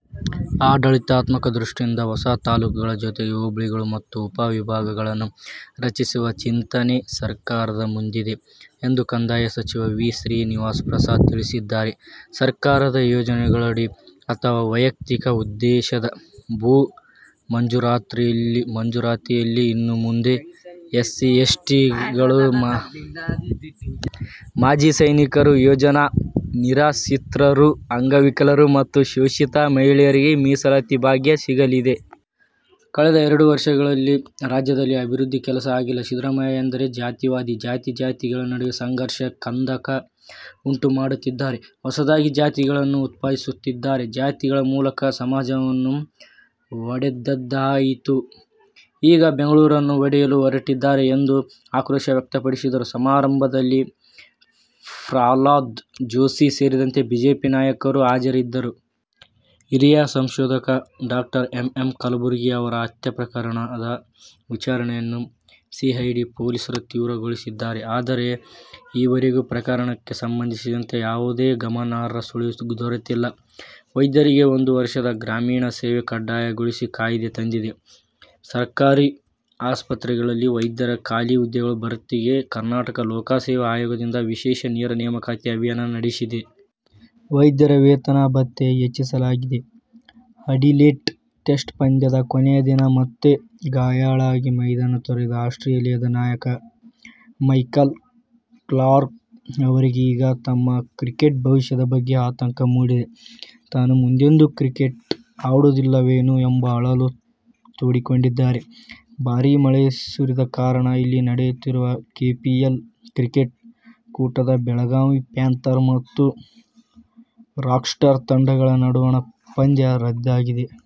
ಆಡಳಿತಾತ್ಮಕ ದೃಷ್ಟಿಯಿಂದ ಹೊಸ ತಾಲೂಕಗಳ ಜೊತೆಗೆ ಹೋಬಳಿಗಳು ಮತ್ತು ಉಪ ವಿಭಾಗಗಳನ್ನು ರಚಿಸುವ ಚಿಂತನೆ ಸರ್ಕಾರದ ಮುಂದಿದೆ ಎಂದು ಕಂದಾಯ ಸಚಿವ ವಿ. ಶ್ರೀನಿವಾಸ ಪ್ರಸಾದ್ ತಿಳಿಸಿದ್ದಾರೆ. ಸರ್ಕಾರದ ಯೋಜನೆಗಳಡಿ ಅಥವಾ ವೈಯಕ್ತಿಕ ಉದ್ದೇಶದ ಭೂ ಮಂಜೂರಾತಿಯಲ್ಲಿ ಇನ್ನು ಮುಂದೆ ಎಸ್ಸಿ, ಎಸ್ಟಿಗಳು, ಮಾಜಿ ಸೈನಿಕರು, ಯೋಜನಾ ನಿರಾಶ್ರಿತರು, ಅಂಗವಿಕಲರು ಮತ್ತು ಶೋಷಿತ ಮಹಿಳೆಯರಿಗೆ "ಮೀಸಲಾತಿ ಭಾಗ್ಯ' ಸಿಗಲಿದೆ. ಕಳೆದ ಎರಡು ವರ್ಷಗಳಲ್ಲಿ ರಾಜ್ಯದಲ್ಲಿ ಅಭಿವೃದ್ಧಿ ಕೆಲಸಗಳು ಆಗಿಲ್ಲ. ಸಿದ್ದರಾಮಯ್ಯ ಎಂದರೆ ಜಾತಿವಾದಿ. ಜಾತಿ ಜಾತಿಗಳ ನಡುವೆ ಸಂಘರ್ಷ, ಕಂದಕ ಉಂಟು ಮಾಡುತ್ತಿದ್ದಾರೆ. ಹೊಸದಾಗಿ ಜಾತಿಗಳನ್ನು ಉತ್ಪಾದಿಸುತ್ತಿದ್ದಾರೆ. ಜಾತಿಗಳ ಮೂಲಕ ಸಮಾಜವನ್ನು ಒಡೆದದ್ದಾಯಿತು. ಈಗ ಬೆಂಗಳೂರನ್ನು ಒಡೆಯಲು ಹೊರಟಿದ್ದಾರೆ ಎಂದು ಆಕ್ರೋಶ ವ್ಯಕ್ತಪಡಿಸಿದರು. ಸಮಾರಂಭದಲ್ಲಿ ಪ್ರಹ್ಲಾದ್ ಜೋಶಿ ಸೇರಿದಂತೆ ಬಿಜೆಪಿ ನಾಯಕರು ಹಾಜರಿದ್ದರು. ಹಿರಿಯ ಸಂಶೋಧಕ ಡಾ ಎಂ. ಎಂ. ಕಲಬುರ್ಗಿ ಅವರ ಹತ್ಯೆ ಪ್ರಕರಣದ ವಿಚಾರಣೆಯನ್ನು ಸಿಐಡಿ ಪೊಲೀಸರು ತೀವ್ರಗೊಳಿಸಿದ್ದಾರೆ. ಆದರೆ, ಈವರೆಗೂ ಪ್ರಕರಣಕ್ಕೆ ಸಂಬಂಧಿಸಿದಂತೆ ಯಾವುದೇ ಗಮನಾರ್ಹ ಸುಳಿವು ದೊರೆತಿಲ್ಲ. ವೈದ್ಯರಿಗೆ ಒಂದು ವರ್ಷದ ಗ್ರಾಮೀಣ ಸೇವೆ ಕಡ್ಡಾಯಗೊಳಿಸಿ ಕಾಯ್ದೆ ತಂದಿದೆ. ಸರ್ಕಾರಿ ಆಸ್ಪತ್ರೆಗಳಲ್ಲಿ ವೈದ್ಯರ ಖಾಲಿ ಹುದ್ದೆಗಳ ಭರ್ತಿಗೆ ಕರ್ನಾಟಕ ಲೋಕಸೇವಾ ಆಯೋಗದಿಂದ ವಿಶೇಷ ನೇರ ನೇಮಕಾತಿ ಅಭಿಯಾನ ನಡೆಸಿದೆ. ವೈದ್ಯರ ವೇತನ-ಭತ್ಯೆ ಹೆಚ್ಚಿಸಲಾಗಿದೆ. ಅಡಿಲೇಡ್ ಟೆಸ್ಟ್ ಪಂದ್ಯದ ಕೊನೆಯ ದಿನ ಮತ್ತೆ ಗಾಯಾಳಾಗಿ ಮೈದಾನ ತೊರೆದ ಆಸ್ಟ್ರೇಲಿಯದ ನಾಯಕ ಮೈಕಲ್ ಕ್ಲಾರ್ಕ್ ಅವರಿಗೀಗ ತಮ್ಮ ಕ್ರಿಕೆಟ್ ಭವಿಷ್ಯದ ಬಗ್ಗೆ ಆತಂಕ ಮೂಡಿದೆ. ತಾನು ಮುಂದೆಂದೂ ಕ್ರಿಕೆಟ್ ಆಡುವುದಿಲ್ಲವೇನೋ ಎಂಬ ಅಳಲು ತೋಡಿಕೊಂಡಿದ್ದಾರೆ. ಭಾರೀ ಮಳೆ ಸುರಿದ ಕಾರಣ ಇಲ್ಲಿ ನಡೆಯುತ್ತಿರುವ ಕೆಪಿಎಲ್ ಕ್ರಿಕೆಟ್ ಕೂಟದ ಬೆಳಗಾವಿ ಪ್ಯಾಂಥರ್ ಮತ್ತು ರಾಕ್ಸ್ಟಾರ್ ತಂಡಗಳ ನಡುವಣ ಪಂದ್ಯ ರದ್ದಾಯಿತು.